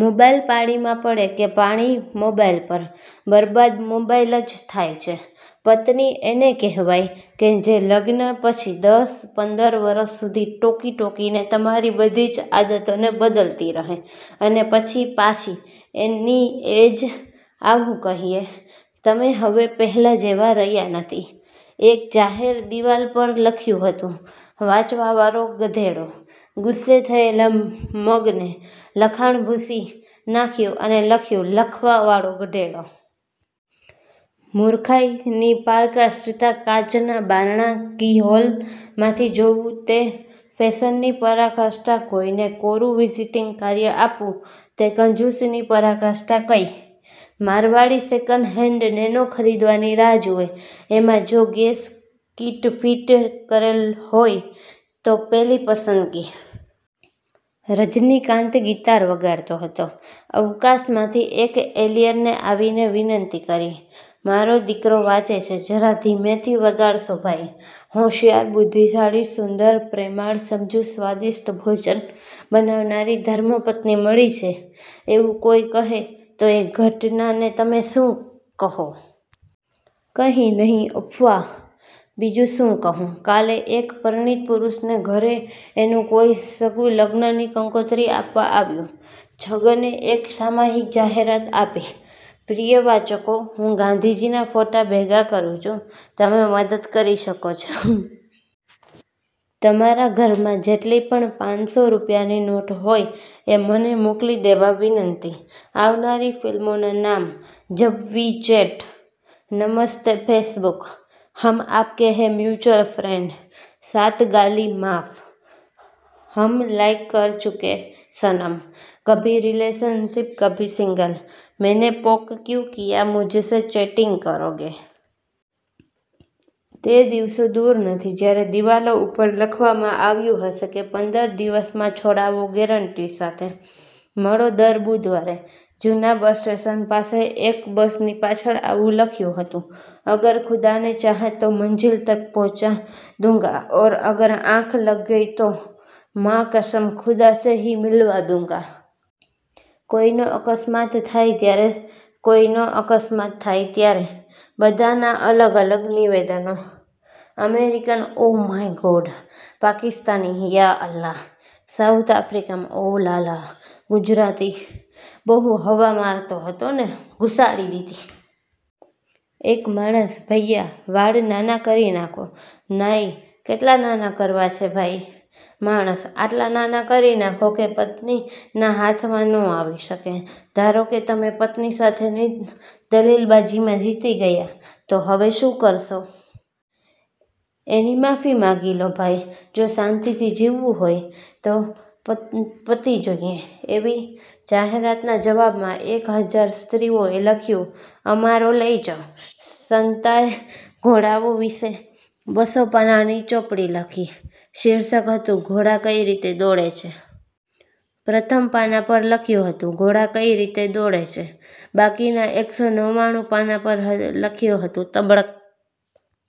Mobile પાણી માં પડે કે પાણી મોબાઈલ પર, બરબાદ મોબાઈલ જ થાય છે. પત્ની એને કહેવાય કે જે લગ્ન પછી દસ-પંદર વર્ષ સુધી ટોકી ટોકીને તમારી બધી જ આદતોને બદલતી રહે અને પછી પાછી એની એ જ આવું કહીએ: 'તમે હવે પહેલા જેવા રહ્યા નથી.' એક જાહેર દીવાલ પર લખ્યું હતું: વાંચવાવારો ગધેડો, ગુસ્સે થયેલા મગને લખાણ ભૂંસી નાખ્યું અને લખ્યું લખવાવાળો ગધેડો. મુર્ખાઈની પારાકાષ્ઠતા: કાચના બારણાના કી-હોલમાંથી જોવું તે. ફેશનની પરાકાષ્ઠા: કોઈને કોરું વિઝીટીંગ કાર્ય આપવું તે, કંજુસીની પરાકાષ્ઠા કઈ? મારવાડી સેકન્ડ હેન્ડ નેનો ખરીદવાની રાહ જુવે. એમાંય જો ગેસ કીટ ફીટ કરેલ હોય તો પેલી પસંદગી. રજનીકાંત ગિતાર વગાડતો હતો. અવકાશમાંથી એક એલિયને આવીને વિનંતી કરી: મારો દીકરો વાંચે છે, જરા ધીમેથી વગાડશો ભાઈ! હોશિયાર, બુધ્ધિશાળી, સુંદર, પ્રેમાળ, સમજુ, સ્વાદિષ્ટ ભોજન બનાવનારી ધર્મપત્ની મળી છે એવું કોઈ કહે તો એ ઘટનાને તમે શું કહો? કહી નહીં, અફવા બીજું શું કહું? કાલે એક પરિણીત પુરુષના ઘરે એનું કોઈ સગું લગ્નની કંકોત્રી આપવા આવ્યું. છગને એક સામાયિક જાહેરાત આપી: 'પ્રિય વાચકો, હું ગાંધીજીના ફોટા ભેગા કરું છું. તમે મદદ કરી શકો છો. તમારા ઘરમાં જેટલી પણ પાંચસો રૂપિયાની નોટ હોય એ મને મોકલી દેવા વિનંતી' આવનારી ફિલ્મોના નામ:- જબ વી ચેટ, નમસ્તે ફેસબુક, હમ આપકે હે મ્યુચ્યુઅલ ફ્રેન્ડ, સાત ગાલી માફ, હમ લાઇક કર ચુકે સનમ, કભી રિલેશનશિપ કભી સિંગલ, મેને પોક ક્યું કિયા, મુજસે ચેટિંગ કરોગે. તે દિવસો દુર નથી જયારે દીવાલો ઉપર લખવામાં આવ્યું હશે કે પંદર દિવસમાં, છોડાવો ગેરંટી સાથે. મળો દર બુધવારે જુના બસ સ્ટેશન પાસે એક બસની પાછળ આવું લખ્યું હતું: અગર ખુદાને ચાહા તો મંઝિલ તક પહૂંચા દુંગા ઔર અગર આંખ લગ ગઈ તો મા કસમ, ખુદા સે હી મિલવા દુંગા. કોઈ નો અકસ્માત થાય ત્યારે, કોઈ નો અકસ્માત થાય ત્યારે બધા ના અલગ અલગ નિવેદનો, American: oh my God! Pakistani: યા અલ્લાહ! સાઉથ આફ્રીકન: ઓ, લા લા! ગુજરાતી: બઉં હવા મારતો હતો ને, ઘુસાડી દીધી. એક માણસ- ભૈયા વાળ નાના કરી નાખો. નાઈ- કેટલા નાના કરવાના છે ભાઈ! માણસ- આટલા નાના કરી નાખો કે પત્નીના હાથમાં નોઆવી શકે! ધારો કે તમે પત્ની સાથેની દલીલબાજીમાં જીતી ગયા, તો હવે શું કરશો? એની માફી માગી લો ભાઈ, જો શાંતિથી જીવવું હોય તો. પતિ પતિ જોઈએ છે' એવી જાહેરાતના જવાબમાં એક હજાર સ્ત્રીઓએ લખ્યું: અમારો લઈ જાઓ. સંતા એ ઘોડાઓ વિશે બસો પાનાની ચોપડી લખી. શીર્ષક હતું: ઘોડા કઈ રીતે દોડે છે? પ્રથમ પાના પર લખ્યું હતું: ઘોડા કઈ રીતે દોડે છે? બાકીના એકસો નવ્વાણું પાના પર લખ્યું હતું: તબડક